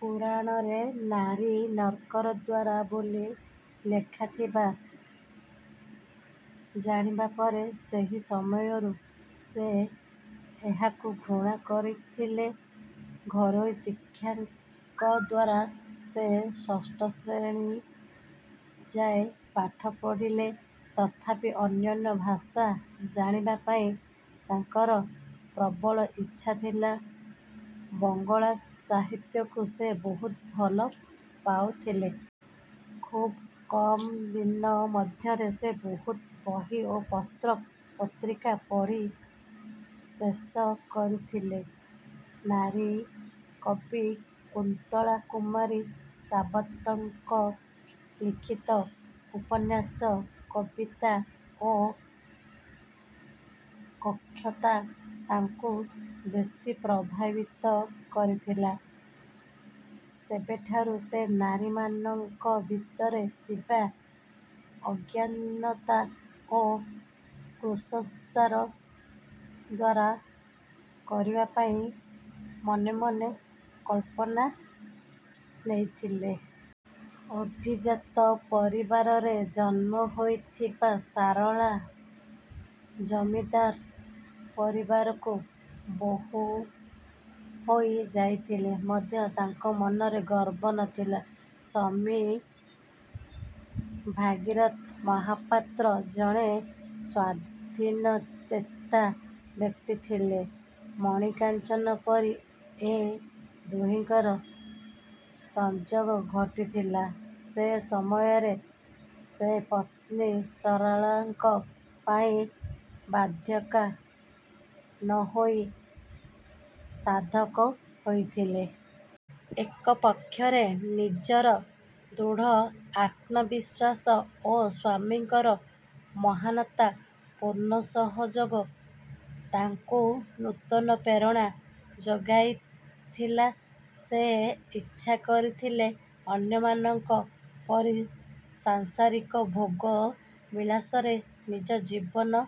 ପୁରାଣରେ ନାରୀ ନର୍କର ଦ୍ୱାର ବୋଲି ଲେଖାଥିବା ଜାଣିବା ପରେ ସେହି ସମୟରୁ ସେ ଏହାକୁ ଘୃଣା କରୁଥିଲେ। ଘରୋଇ ଶିକ୍ଷକଙ୍କଦ୍ୱାରା ସେ ଷଷ୍ଠ ଶ୍ରେଣୀ ଯାଏଁ ପାଠ ପଢିଥିଲେ। ତଥାପି ଅନ୍ୟାନ୍ୟ ଭାଷା ଜାଣିବା ପାଇଁ ତାଙ୍କର ପ୍ରବଳ ଇଚ୍ଛା ଥିଲା। ବଙ୍ଗଳା ସାହିତ୍ୟକୁ ସେ ବହୁତ୍ ଭଲ ପାଉଥିଲେ। ଖୁବ୍ କମ୍ ଦିନ ମଧ୍ୟରେ ସେ ବହୁତ୍ ବହି ଓ ପତ୍ର ପତ୍ରିକା ପଢି ଶେଷ କରିଥିଲେ। ନାରୀ କବି କୁନ୍ତଳା କୁମାରୀ ସାବତଙ୍କ ଲିଖିତ ଉପନ୍ୟାସ, କବିତା ଓ ବତ୍କୃତା ତାଙ୍କୁ ବେଶି ପ୍ରଭାବିତ କରିଥିଲା। ସେବେଠାରୁ ସେ ନାରୀ ମାନଙ୍କ ଭିତରେ ଥିବା ଅଜ୍ଞାନତା ଓ କୁସଂସ୍କାର ଦୂର କରିବା ପାଇଁ ମନେ ମନେ ସଂକଳ୍ପ ନେଇଥିଲେ। ଅଭିଜାତ ପରିବାରରେ ଜନ୍ମ ହୋଇଥିବା ସରଳା, ଜମିଦାର ପରିବାରକୁ ବୋହୁ ହୋଇ ଯାଇଥିଲେ ମଧ୍ୟ ତାଙ୍କ ମନରେ ଗର୍ବ ନଥିଲା। ସ୍ୱାମୀ ଭାଗିରଥି ମହାପାତ୍ର ଜଣେ ସ୍ୱାଧୀନଚେତା ବ୍ୟକ୍ତି ଥିଲେ। ମଣିକାଞ୍ଚନ ପରି ଏ ଦୁହିଁଙ୍କର ସଂଯୋଗ ଘଟିଥିଲା। ସେ ସମୟରେ ସେ ପତ୍ନୀ ସରଳାଙ୍କ ପାଇଁ ବାଧକ ନହୋଇ ସାଧକ ହୋଇଥିଲେ। ଏକ ପକ୍ଷରେ ନିଜର ଦୃଢ଼ ଆତ୍ମବିଶ୍ୱାସ ଓ ସ୍ୱାମୀଙ୍କର ମହାନତା ପୂର୍ଣ୍ଣ ସହଯୋଗ ତାଙ୍କୁ ନୂତନ ପ୍ରେରଣା ଯୋଗାଇଥିଲା। ସେ ଇଚ୍ଛା କରିଥିଲେ ଅନ୍ୟମାନଙ୍କ ପରି ସାଂସାରିକ ଭୋଗ ବିଳାସରେ ନିଜ ଜୀବନ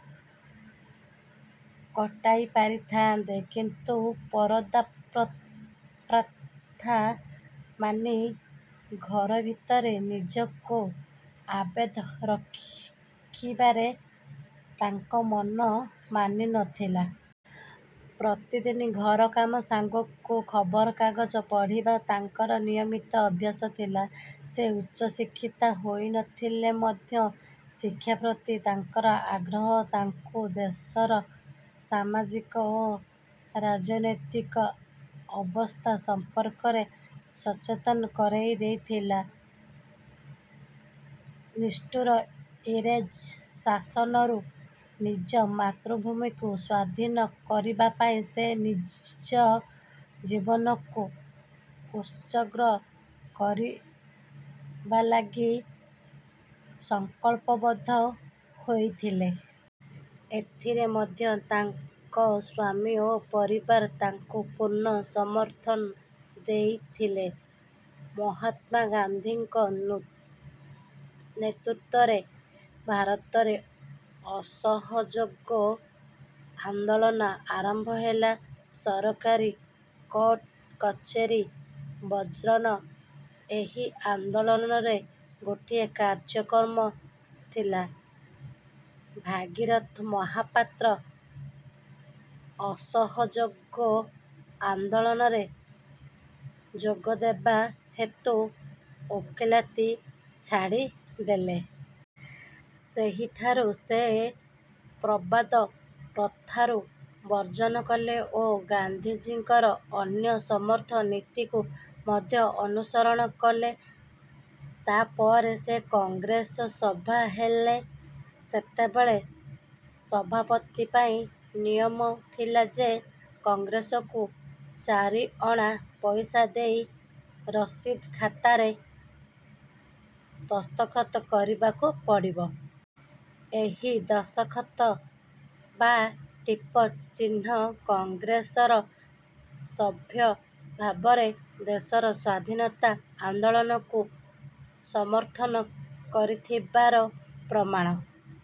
କଟାଇପାରିଥାନ୍ତେ, କିନ୍ତୁ ପରଦା ପ୍ରଥା ମାନି ଘର ଭିତରେ ନିଜକୁ ଆବଦ୍ଧ ରଖିବାରେ ତାଙ୍କ ମନ ମାନି ନଥିଲା। ପ୍ରତିଦିନ ଘର କାମ ସାଙ୍ଗକୁ ଖବରକାଗଜ ପଢ଼ିବା ତାଙ୍କର ନିୟମିତ ଅଭ୍ୟାସ ଥିଲା। ସେ ଉଚ୍ଚଶିକ୍ଷିତା ହୋଇନଥିଲେ ମଧ୍ୟ ଶିକ୍ଷା ପ୍ରତି ତାଙ୍କର ଆଗ୍ରହ ତାଙ୍କୁ ଦେଶର ସାମାଜିକ ଓ ରାଜନୈତିକ ଅବସ୍ଥା ସମ୍ପର୍କରେ ସଚେତନ କରିଦେଇଥିଲା। ନିଷ୍ଠୁର ଇଂରେଜ ଶାସନରୁ ନିଜ ମାତୃଭୂମିକୁ ସ୍ୱାଧୀନ କରିବା ପାଇଁ ସେ ନିଜ ଜୀବନକୁ ଉତ୍ସର୍ଗ କରିବାଲାଗି ସଂକଳ୍ପବଦ୍ଧ ହୋଇଥିଲେ। ଏଥିରେ ମଧ୍ୟ ତାଙ୍କ ସ୍ୱାମୀ ଓ ପରିବାର ତାଙ୍କୁ ପୂର୍ଣ୍ଣ ସମର୍ଥନ ଦେଇଥିଲେ। ମହାତ୍ମା ଗାନ୍ଧୀଙ୍କ ନେତୃତ୍ୱରେ ଭାରତରେ ଅସହଯୋଗ ଆନ୍ଦୋଳନ ଆରମ୍ଭ ହେଲା। ସରକାରୀ କୋର୍ଟ କଚେରୀ ବର୍ଜନ ଏହି ଆନ୍ଦୋଳନରେ ଗୋଟିଏ କାର୍ଯ୍ୟକ୍ରମ ଥିଲା। ଭାଗିରଥି ମହାପାତ୍ର ଅସହଯୋଗ ଆନ୍ଦୋଳନରେ ଯୋଗ ଦେବା ହେତୁ ଓକିଲାତି ଛାଡି ଦେଲେ। ସେହିଠାରୁ ସେ ପରଦା ପ୍ରଥାକୁ ବର୍ଜନ କଲେ ଓ ଗାନ୍ଧୀଙ୍କର ଅନ୍ୟ ସମସ୍ତ ନୀତିକୁ ମଧ୍ୟ ଅନୁସରଣ କଲେ। ତା ପରେ ସେ କଂଗ୍ରେସର ସଭ୍ୟା ହେଲେ। ସେତେବେଳେ ସଭ୍ୟପଦ ପାଇଁ ନିୟମ ଥିଲା ଯେ, କଂଗ୍ରେସକୁ ଚାରିଅଣା ପଇସା ଦେଇ ରସିଦ୍ ଖାତାରେ ଦସ୍ତଖତ କରିବାକୁ ପଡିବ। ଏହି ଦସ୍ତଖତ ବା ଟିପ ଚିହ୍ନ କଂଗ୍ରେସର ସଭ୍ୟ ଭାବରେ ଦେଶର ସ୍ୱାଧୀନତା ଆନ୍ଦୋଳନକୁ ସମର୍ଥନ କରୁଥିବାର ପ୍ରମାଣ